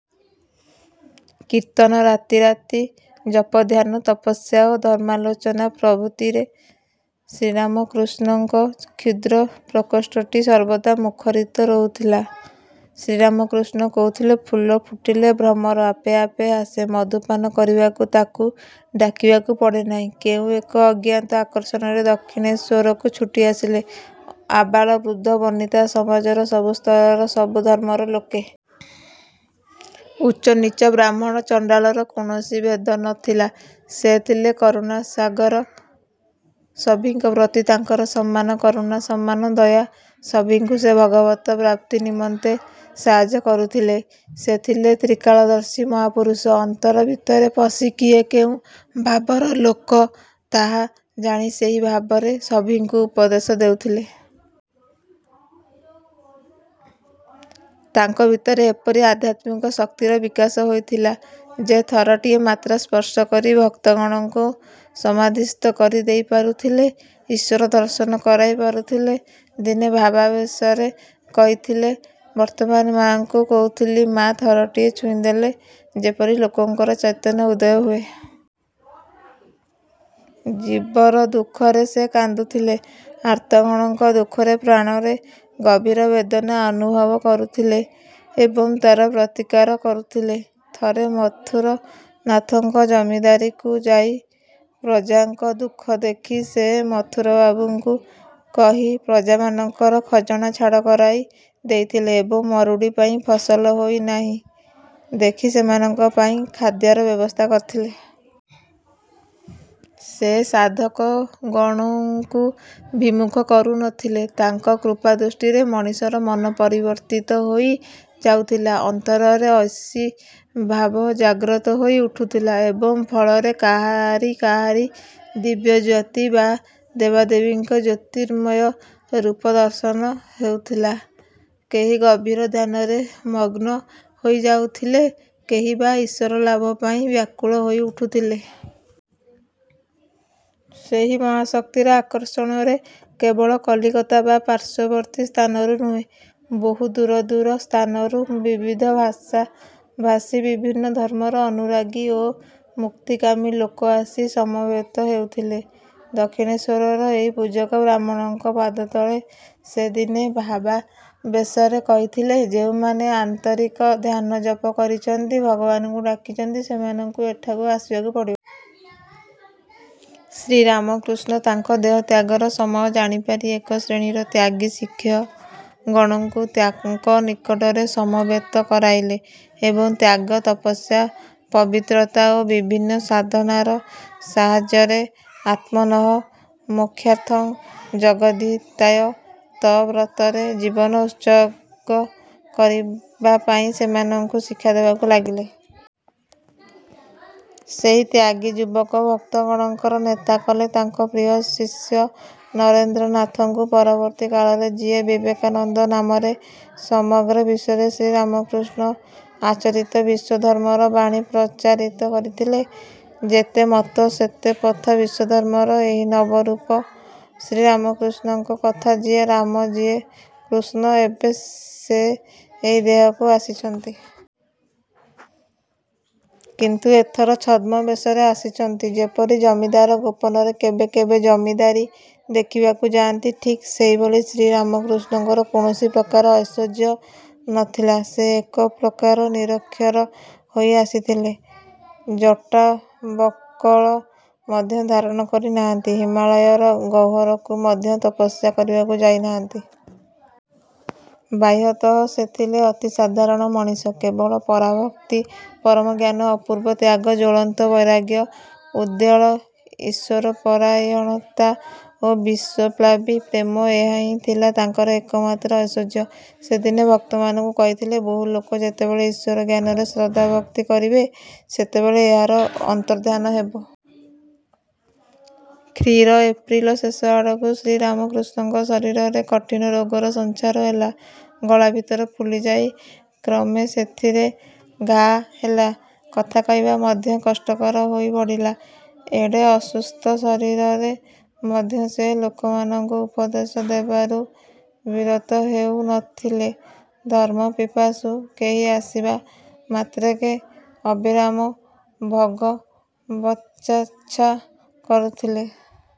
କୀର୍ତ୍ତନ ରାତି ରାତି ଜପଧ୍ୟାନ ତପସ୍ୟା ଓ ଧର୍ମାଲୋଚନା ପ୍ରଭୃତିରେ ଶ୍ରୀରାମକୃଷ୍ଣଙ୍କ କ୍ଷୁଦ୍ର ପ୍ରକୋଷ୍ଠଟି ସର୍ବଦା ମୁଖରିତ ରହୁଥିଲା। ଶ୍ରୀରାମକୃଷ୍ଣ କହୁଥିଲେ ଫୁଲ ଫୁଟିଲେ ଭ୍ରମର ଆପେ ଆପେ ଆସେ ମଧୁପାନ କରିବାକୁ ତାକୁ ଡାକିବାକୁ ପଡ଼େ ନାହିଁ। କେଉଁ ଏକ ଅଜ୍ଞାତ ଆକର୍ଷଣରେ ଦକ୍ଷିଣେଶ୍ୱରକୁ ଛୁଟି ଆସିଲେ ଆବାଳ ବୃଦ୍ଧ ବନିତା ସମାଜର ସବୁ ସ୍ତରର ସବୁ ଧର୍ମର ଲୋକେ। ଉଚ୍ଚ ନୀଚ ବ୍ରାହ୍ମଣ ଚଣ୍ଡାଳର କୌଣସି ଭେଦ ନ ଥିଲା। ସେ ଥିଲେ କରୁଣାସାଗର। ସଭିଙ୍କ ପ୍ରତି ତାଙ୍କର ସମାନ କରୁଣା ସମାନ ଦୟା। ସଭିଙ୍କୁ ସେ ଭଗବତ ପ୍ରାପ୍ତି ନିମନ୍ତେ ସାହାଯ୍ୟ କରୁଥିଲେ। ସେ ଥିଲେ ତ୍ରିକାଳଦର୍ଶୀ ମହାପୁରୁଷ। ଅନ୍ତର ଭିତରେ ପଶି କିଏ କେଉଁ ଭାବର ଲୋକ ତାହା ଜାଣି ସେହି ଭାବରେ ସଭିଙ୍କୁ ଉପଦେଶ ଦେଉଥିଲେ। ତାଙ୍କ ଭିତରେ ଏପରି ଆଧ୍ୟାତ୍ମିକ ଶକ୍ତିର ବିକାଶ ହୋଇଥିଲା ଯେ ଥରଟିଏ ମାତ୍ର ସ୍ପର୍ଶ କରି ଭକ୍ତଗଣଙ୍କୁ ସମାଧିସ୍ଥ କରି ଦେଇପାରୁଥିଲେ ଈଶ୍ୱର ଦର୍ଶନ କରାଇ ପାରୁଥିଲେ। ଦିନେ ଭାବାବେଶରେ କହିଥିଲେ ବର୍ତ୍ତମାନ ମାଆଙ୍କୁ କହୁଥିଲି ମା ଥରଟିଏ ଛୁଇଁଦେଲେ ଯେପରି ଲୋକଙ୍କର ଚୈତନ୍ୟ ଉଦୟ ହୁଏ। ଜୀବର ଦୁଃଖରେ ସେ କାନ୍ଦୁଥିଲେ ଆର୍ତ୍ତଗଣଙ୍କ ଦୁଃଖରେ ପ୍ରାଣରେ ଗଭୀର ବେଦନା ଅନୁଭବ କରୁଥିଲେ ଏବଂ ତାର ପ୍ରତିକାର କରୁଥିଲେ। ଥରେ ମଥୁରନାଥଙ୍କ ଜମିଦାରୀକୁ ଯାଇ ପ୍ରଜାଙ୍କ ଦୁଃଖ ଦେଖି ସେ ମଥୁରବାବୁଙ୍କୁ କହି ପ୍ରଜାମାନଙ୍କର ଖଜଣା ଛାଡ଼ କରାଇ ଦେଇଥିଲେ ଏବଂ ମରୁଡ଼ି ପାଇଁ ଫସଲ ହୋଇ ନାହିଁ ଦେଖି ସେମାନଙ୍କ ପାଇଁ ଖାଦ୍ୟର ବ୍ୟବସ୍ଥା କରିଥିଲେ। ସେ ସାଧକଗଣଙ୍କୁ ବିମୁଖ କରୁ ନ ଥିଲେ। ତାଙ୍କ କୃପାଦୃଷ୍ଟିରେ ମଣିଷର ମନ ପରିବର୍ତ୍ତିତ ହୋଇ ଯାଉଥିଲା ଅନ୍ତରରେ ଐଶୀ ଭାବ ଜାଗ୍ରତ ହୋଇ ଉଠୁଥିଲା ଏବଂ ଫଳରେ କାହାରି କାହାରି ଦିବ୍ୟଜ୍ୟୋତି ବା ଦେବା ଦେବୀଙ୍କ ଜ୍ୟୋତିର୍ମୟ ରୂପ ଦର୍ଶନ ହେଉଥିଲା କେହି ଗଭୀର ଧ୍ୟାନରେ ମଗ୍ନ ହୋଇ ଯାଉଥିଲେ କେହି ବା ଈଶ୍ୱରଲାଭ ପାଇଁ ବ୍ୟାକୁଳ ହୋଇ ଉଠୁଥିଲେ। ସେହି ମହାଶକ୍ତିର ଆକର୍ଷଣରେ କେବଳ କଲିକତା ବା ପାର୍ଶ୍ୱବର୍ତ୍ତୀ ସ୍ଥାନରୁ ନୁହେଁ ବହୁ ଦୂର ଦୂର ସ୍ଥାନରୁ ବିବିଧ ଭାଷାଭାଷୀ ବିଭିନ୍ନ ଧର୍ମର ଅନୁରାଗୀ ଓ ମୁକ୍ତିକାମୀ ଲୋକ ଆସି ସମବେତ ହେଉଥିଲେ ଦକ୍ଷିଣେଶ୍ୱରର ଏହି ପୂଜକ ବ୍ରାହ୍ମଣଙ୍କ ପାଦତଳେ। ସେ ଦିନେ ଭାବାବେଶରେ କହିଥିଲେ ଯେଉଁମାନେ ଆନ୍ତରିକ ଧ୍ୟାନ ଜପ କରିଛନ୍ତି ଭଗବାନଙ୍କୁ ଡାକିଛନ୍ତି ସେମାନଙ୍କୁ ଏଠାକୁ ଆସିବାକୁ ପଡ଼ିବ। ଶ୍ରୀରାମକୃଷ୍ଣ ତାଙ୍କ ଦେହତ୍ୟାଗର ସମୟ ଜାଣିପାରି ଏକ ଶ୍ରେଣୀର ତ୍ୟାଗୀ ଶିକ୍ଷଗଣଙ୍କୁ ତାଙ୍କ ନିକଟରେ ସମବେତ କରାଇଲେ ଏବଂ ତ୍ୟାଗ ତପସ୍ୟା ପବିତ୍ରତା ଓ ବିଭିନ୍ନ ସାଧନାର ସାହାଯ୍ୟରେ ଆତ୍ମନଃ ମୋକ୍ଷାର୍ଥଂ ଜଗଦ୍ଧିତାୟ ଚ ବ୍ରତରେ ଜୀବନ ଉତ୍ସର୍ଗ କରିବା ପାଇଁ ସେମାନଙ୍କୁ ଶିକ୍ଷା ଦେବାକୁ ଲାଗିଲେ। ସେହି ତ୍ୟାଗୀ ଯୁବକ ଭକ୍ତଗଣଙ୍କର ନେତା କଲେ ତାଙ୍କ ପ୍ରିୟ ଶିଷ୍ୟ ନରେନ୍ଦ୍ରନାଥଙ୍କୁ ପରବର୍ତ୍ତୀ କାଳରେ ଯିଏ ବିବେକାନନ୍ଦ ନାମରେ ସମଗ୍ର ବିଶ୍ୱରେ ଶ୍ରୀରାମକୃଷ୍ଣ ଆଚରିତ ବିଶ୍ୱଧର୍ମର ବାଣୀ ପ୍ରଚାରିତ କରିଥିଲେ। ଯେତେ ମତ ସେତେ ପଥ ବିଶ୍ୱଧର୍ମର ଏହି ନବ ରୂପ। ଶ୍ରୀରାମକୃଷ୍ଣଙ୍କ କଥା ଯିଏ ରାମ ଯିଏ କୃଷ୍ଣ ଏବେ ସେ ଏହି ଦେହକୁ ଆସିଛନ୍ତି। କିନ୍ତୁ ଏଥର ଛଦ୍ମବେଶରେ ଆସିଛନ୍ତି ଯେପରି ଜମିଦାର ଗୋପନରେ କେବେ କେବେ ଜମିଦାରୀ ଦେଖିବାକୁ ଯାଆନ୍ତି ଠିକ୍ ସେହିଭଳି। ଶ୍ରୀରାମକୃଷ୍ଣଙ୍କର କୌଣସି ପ୍ରକାର ଐଶ୍ୱର୍ଯ୍ୟ ନ ଥିଲା। ସେ ଏକ ପ୍ରକାର ନିରକ୍ଷର ହୋଇ ଆସିଥିଲେ। ଜଟା ବଳ୍କଳ ମଧ୍ୟ ଧାରଣ କରି ନାହାନ୍ତି। ହିମାଳୟର ଗହ୍ୱରକୁ ମଧ୍ୟ ତପସ୍ୟା କରିବାକୁ ଯାଇ ନାହାନ୍ତି। ବାହ୍ୟତଃ ସେ ଥିଲେ ଅତି ସାଧାରଣ ମଣିଷ। କେବଳ ପରାଭକ୍ତି ପରମ ଜ୍ଞାନ ଅପୂର୍ବ ତ୍ୟାଗ ଜ୍ୱଳନ୍ତ ବୈରାଗ୍ୟ ଉଦ୍ବେଳ ଈଶ୍ୱରପରାୟଣତା ଓ ବିଶ୍ୱପ୍ଳାବୀ ପ୍ରେମ ଏହା ହିଁ ଥିଲା ତାଙ୍କର ଏକମାତ୍ର ଐଶ୍ୱର୍ଯ୍ୟ। ସେ ଦିନେ ଭକ୍ତମାନଙ୍କୁ କହିଥିଲେ ବହୁ ଲୋକ ଯେତେବେଳେ ଈଶ୍ୱରଜ୍ଞାନରେ ଶ୍ରଦ୍ଧାଭକ୍ତି କରିବେ ସେତେବେଳେ ଏହାର ଅନ୍ତର୍ଦ୍ଧାନ ହେବ। ଖ୍ରୀ ର ଏପ୍ରିଲ ଶେଷ ଆଡ଼କୁ ଶ୍ରୀରାମକୃଷ୍ଣଙ୍କ ଶରୀରରେ କଠିନ ରୋଗର ସଞ୍ଚାର ହେଲା। ଗଳାଭିତର ଫୁଲିଯାଇ କ୍ରମେ ସେଥିରେ ଘାଆ ହେଲା। କଥା କହିବା ମଧ୍ୟ କଷ୍ଟକର ହୋଇ ପଡ଼ିଲା। ଏଡ଼େ ଅସୁସ୍ଥ ଶରୀରରେ ମଧ୍ୟ ସେ ଲୋକମାନଙ୍କୁ ଉପଦେଶ ଦେବାରୁ ବିରତ ହେଉ ନ ଥିଲେ। ଧର୍ମପିପାସୁ କେହି ଆସିବା ମାତ୍ରକେ ଅବିରାମ ଭଗବତ୍ଚର୍ଚ୍ଚା କରୁଥିଲେ।